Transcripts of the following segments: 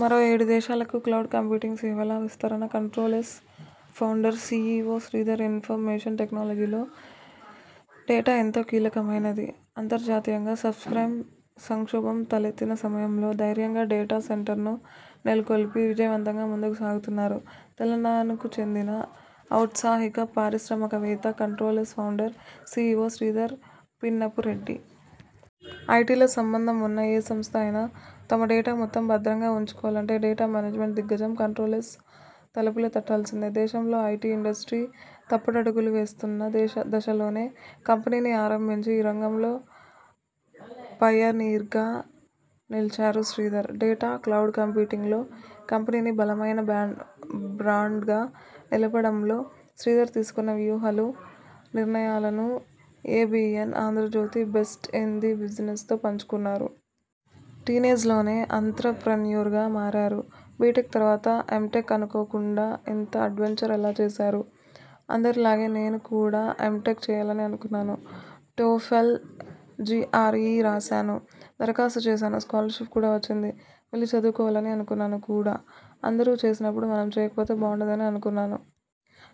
మరో ఏడు దేశాలకు క్లౌడ్ కంప్యూటింగ్ సేవల విస్తరణ Control S founder, CEO Sridhar information టెక్నాలజీలో డేటా ఎంతో కీలకమైంది. అంతర్జాతీయంగా సబ్ప్రైమ్ సంక్షోభం తలెత్తిన సమయంలో ధైర్యంగా డేటా సెంటర్ను నెలకొల్పి విజయవంతంగా ముందుకు సాగుతున్నారు తెలంగాణకు చెందిన ఔత్సాహిక పారిశ్రామికవేత్త, Control S founder, CEO Sridhar Pinnapureddy. ఐటితో సంబంధం ఉన్న ఏ సంస్థ అయినా తమ డేటా మొత్తం భద్రంగా ఉంచుకోవాలంటే డేటా మేనేజ్మెంట్ దిగ్గజం కంట్రోల్ఎస్ తలుపులు తట్టాల్సిందే. దేశంలో ఐటి ఇండస్ట్రీ తప్పటడుగులు వేస్తున్న దశలోనే కంపెనీని ఆరంభించి ఈ రంగంలో పయనీర్గా నిలిచారు శ్రీధర్. డేటా, క్లౌడ్ కంప్యూటింగ్లో కంపెనీని బలమైన బ్రాండ్గా నిలపడంలో శ్రీధర్ తీసుకున్న వ్యూహాలు, నిర్ణయాలను 'ABN Andhrajyothy best in the బిజినెస్'తో పంచుకున్నారు. టీనేజ్లోనే ఆంత్రప్రెన్యూర్గా మారారు. బిటెక్ తర్వాత ఎంటెక్ అనుకోకుండా ఇంత అడ్వెంచర్ ఎలా చేశారు? అందరిలాగే నేను కూడా ఎంటెక్ చేయాలని అనుకున్నాను. టోఫెల్, జిఆర్ఇ రాశాను. దరఖాస్తు చేశాను స్కాలర్షిప్ కూడా వచ్చింది. వెళ్లి చదువుకోవాలని అనుకున్నాను కూడా అందరు చేసినప్పుడు మనం చేయకపోతే బావుండదని అనుకున్నాను.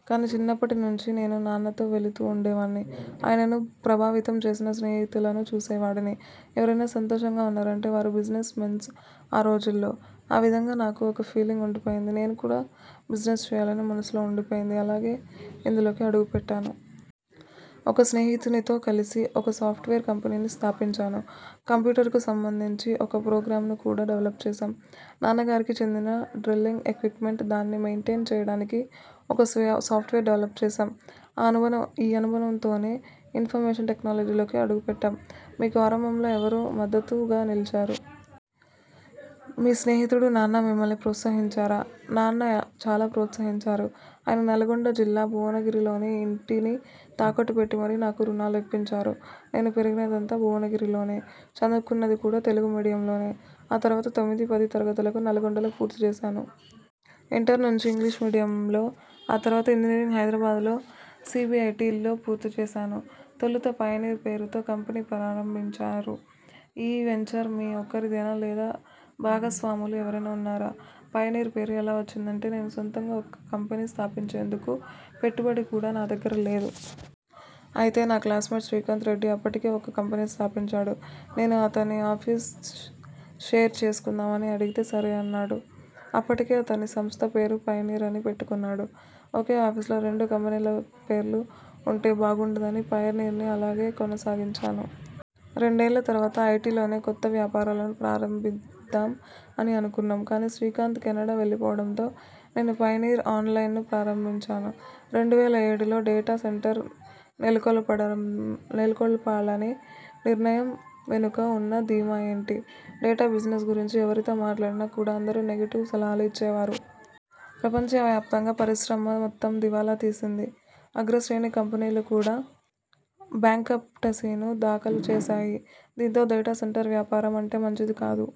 కాని చిన్నప్పటి నుంచి నేను నాన్నతో వెళుతూ ఉండేవాన్ని. ఆయనను ప్రభావితం చేసిన స్నేహితులను చూసేవాడిని. ఎవరైనా సంతోషంగా ఉన్నారంటే వారు బిజినెస్ మెన్స్ ఆ రోజుల్లో. ఆ విధంగా నాకు ఒక ఫీలింగ్ ఉండిపోయింది. నేను కూడా బిజినెస్ చేయాలని మనసులో ఉండిపోయింది. అలాగే ఇందులోకి అడుగుపెట్టాను. ఒక స్నేహితునితో కలిసి ఒక సాఫ్ట్వేర్ కంపెనీని స్థాపించాను. కంప్యూటర్కు సంబంధించి ఒక ప్రొగ్రామ్ను కూడా డెవలప్ చేశాం. నాన్న గారికి చెందిన డ్రిల్లింగ్ ఎక్విప్మెంట్, దాన్ని మెయింటెయిన్ చేయటానికి ఒక సాఫ్ట్వేర్ డెవలప్ చేశాం. ఈ అనుభవంతోనే ఇన్ఫర్మేషన్ టెక్నాలజీ లోకి అడుగుపెట్టాం. మీకు ఆరంభంలో ఎవరు మద్దతుగా నిలిచారు? మీ స్నేహితుడు, నాన్న మిమ్మల్ని ప్రోత్సహించారా? నాన్న చాలా ప్రోత్సహించారు. ఆయన నల్లగొండ జిల్లా భువనగిరిలోని ఇంటిని తనఖా పెట్టి మరీ నాకు రుణాలు ఇప్పించారు. నేను పెరిగినదంతా భువనగిరిలోనే చదువుకున్నది కూడా తెలుగు మీడియంలోనే. ఆ తర్వాత తొమ్మిది, పది తరగతులను నల్లగొండలో పూర్తి చేశాను. ఇంటర్ నుంచి ఇంగ్లీష్ మీడియంలో ఆ తర్వాత ఇంజనీరింగ్ హైదరాబాద్ లో సిబిఐటిలో పూర్తి చేశాను. తొలుత పయనీర్ పేరుతో కంపెనీ ప్రారంభించారు. ఈ వెంచర్ మీ ఒక్కరిదేనా లేక భాగస్వాములు ఎవరైనా ఉన్నారా? పయనీర్ పేరు ఎలా వచ్చిందంటే నేను సొంతంగా ఒక కంపెనీ స్థాపించేందుకు పెట్టుబడి కూడా నా దగ్గర లేదు. అయితే నా క్లాస్మేట్ శ్రీకాంత్ రెడ్డి అప్పటికే ఒక కంపెనీ స్థాపించాడు. నేను అతన్ని ఆఫీస్ షేర్ చేసుకుందామని అడిగితే సరేనన్నాడు. అప్పటికే అతని సంస్థ పేరు పయనీర్ అని పెట్టుకున్నాడు. ఒకే ఆఫీస్ లో రెండు కంపెనీల పేర్లు ఉంటే బాగుండదని పయనీర్ని అలాగే కొనసాగించాను. రెండేళ్ల తర్వాత ఐటిలోనే కొత్త వ్యాపారాలను ప్రారంభిద్దాం అని అనుకున్నాం. కాని శ్రీకాంత్ కెనడా వెళ్లిపోవటంతో నేను పయనీర్ ఆన్లైన్ను ప్రారంభించాను. రెండు వేల ఏడులో డేటా సెంటర్ నెలకొల్పాలనే నిర్ణయం వెనుక ఉన్న ధీమా ఏమిటి? డేటా బిజినెస్ గురించి ఎవరితో మాట్లాడినా కూడా అందరు నెగిటివ్ సలహాలు ఇచ్చేవారు. ప్రపంచవ్యాప్తంగా పరిశ్రమ మొత్తం దివాలా తీసింది. అగ్రశ్రేణి కంపెనీలు కూడా బ్యాంక్రప్టసీ ను దాఖలు చేశాయి. దీంతో డేటా సెంటర్ వ్యాపారం అంటే మంచిది కాదు